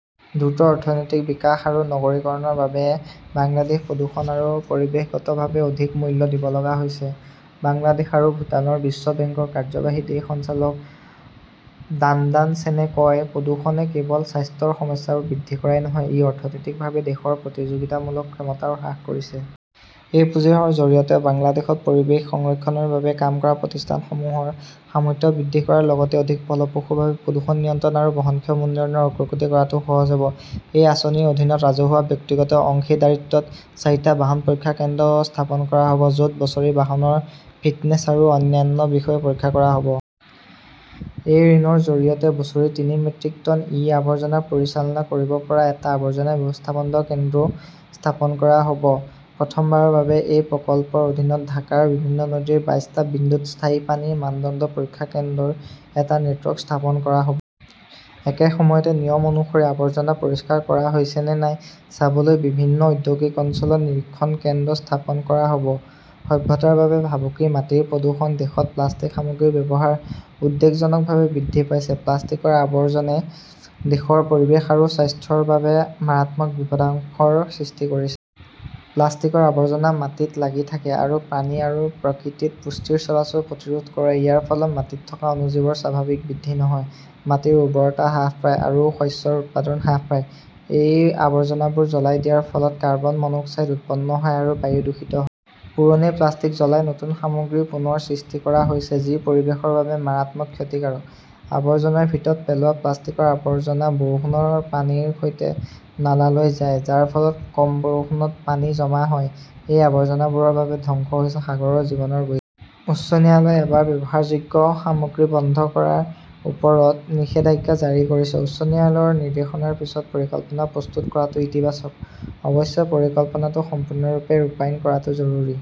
দ্ৰুত অৰ্থনৈতিক বিকাশ আৰু নগৰীকৰণৰ বাবে বাংলাদেশ প্ৰদূষণ আৰু পৰিৱেশগতভাৱে অধিক মূল্য দিব লগা হৈছে, বাংলাদেশ আৰু ভূটানৰ বিশ্ব বেংকৰ কাৰ্যবাহী দেশ সঞ্চালক ডাণ্ডান চেনে কয়। প্ৰদূষণে কেৱল স্বাস্থ্যৰ সমস্যাবোৰ বৃদ্ধি কৰাই নহয়, ই অৰ্থনৈতিকভাৱে দেশৰ প্ৰতিযোগিতামূলক ক্ষমতাও হ্ৰাস কৰিছে। এই পুঁজিৰ জৰিয়তে বাংলাদেশত পৰিৱেশ সংৰক্ষণৰ বাবে কাম কৰা প্ৰতিষ্ঠানসমূহৰ সামৰ্থ্য বৃদ্ধি কৰাৰ লগতে অধিক ফলপ্ৰসূভাৱে প্ৰদূষণ নিয়ন্ত্ৰণ আৰু বহনক্ষম উন্নয়নৰ অগ্ৰগতি কৰাটো সহজ হ'ব। এই আঁচনিৰ অধীনত ৰাজহুৱা, ব্যক্তিগত অংশীদাৰিত্বত চাৰিটা বাহন পৰীক্ষা কেন্দ্ৰ স্থাপন কৰা হ'ব, য'ত বছৰি বাহনৰ ফিটনেছ আৰু অন্যান্য বিষয় পৰীক্ষা কৰা হ'ব। এই ঋণৰ জৰিয়তে বছৰি তিনি মেট্ৰিক টন ই-আৱৰ্জনা পৰিচালনা কৰিব পৰা এটা আৱৰ্জনা ব্যৱস্থাপনা কেন্দ্ৰো স্থাপন কৰা হ'ব। প্ৰথমবাৰৰ বাবে এই প্ৰকল্পৰ অধীনত ঢাকাৰ বিভিন্ন নদীৰ বাইছটা বিন্দুত স্থায়ী পানীৰ মানদণ্ড পৰীক্ষা কেন্দ্ৰৰ এটা নেটৱৰ্ক স্থাপন কৰা হ ব। একে সময়তে, নিয়ম অনুসৰি আৱৰ্জনা পৰিষ্কাৰ কৰা হৈছে নে নাই চাবলৈ বিভিন্ন ঔদ্যোগিক অঞ্চলত নিৰীক্ষণ কেন্দ্ৰ স্থাপন কৰা হ'ব। সভ্যতাৰ বাবে ভাবুকি মাটিৰ প্ৰদূষণ দেশত প্লাষ্টিক সামগ্ৰীৰ ব্যৱহাৰ উদ্বেগজনকভাৱে বৃদ্ধি পাইছে। প্লাষ্টিকৰ আৱৰ্জনে দেশৰ পৰিৱেশ আৰু স্বাস্থ্যৰ বাবে মাৰাত্মক বিপদাশংকাৰ সৃষ্টি কৰিছে। প্লাষ্টিকৰ আৱৰ্জনা মাটিত লাগি থাকে আৰু পানী আৰু প্ৰাকৃতিক পুষ্টিৰ চলাচল প্ৰতিৰোধ কৰে। ইয়াৰ ফলত মাটিত থকা অণুজীৱৰ স্বাভাৱিক বৃদ্ধি নহয়, মাটিৰ উৰ্বৰতা হ্ৰাস পায় আৰু শস্যৰ উৎপাদন হ্ৰাস পায়। এই আৱৰ্জনাবোৰ জ্বলাই দিয়াৰ ফলত কাৰ্বন-মনোক্সাইড উৎপন্ন হয় আৰু বায়ু দূষিত হয়। পুৰণি প্লাষ্টিক জ্বলাই নতুন সামগ্ৰী পুনৰ সৃষ্টি কৰা হৈছে, যি পৰিৱেশৰ বাবে মাৰাত্মক ক্ষতিকাৰক। আৱৰ্জনাৰ ভিতৰত পেলোৱা প্লাষ্টিকৰ আৱৰ্জনা বৰষুণৰ পানীৰ সৈতে নালালৈ যায়, যাৰ ফলত কম বৰষুণত পানী জমা হয়। এই আৱৰ্জনাবোৰৰ বাবে ধ্বংস হৈছে সাগৰৰ জীৱনৰ বৈচিত্ৰ্য। উচ্চ ন্যায়ালয়ে এবাৰ ব্যৱহাৰযোগ্য সামগ্ৰী বন্ধ কৰাৰ ওপৰত নিষেধাজ্ঞা জাৰি কৰিছে। উচ্চ ন্যায়ালয়ৰ নিৰ্দেশনাৰ পিছত পৰিকল্পনা প্ৰস্তুত কৰাটো ইতিবাচক। অৱশ্যে, পৰিকল্পনাটো সম্পূৰ্ণৰূপে ৰূপায়ণ কৰাটো জৰুৰী।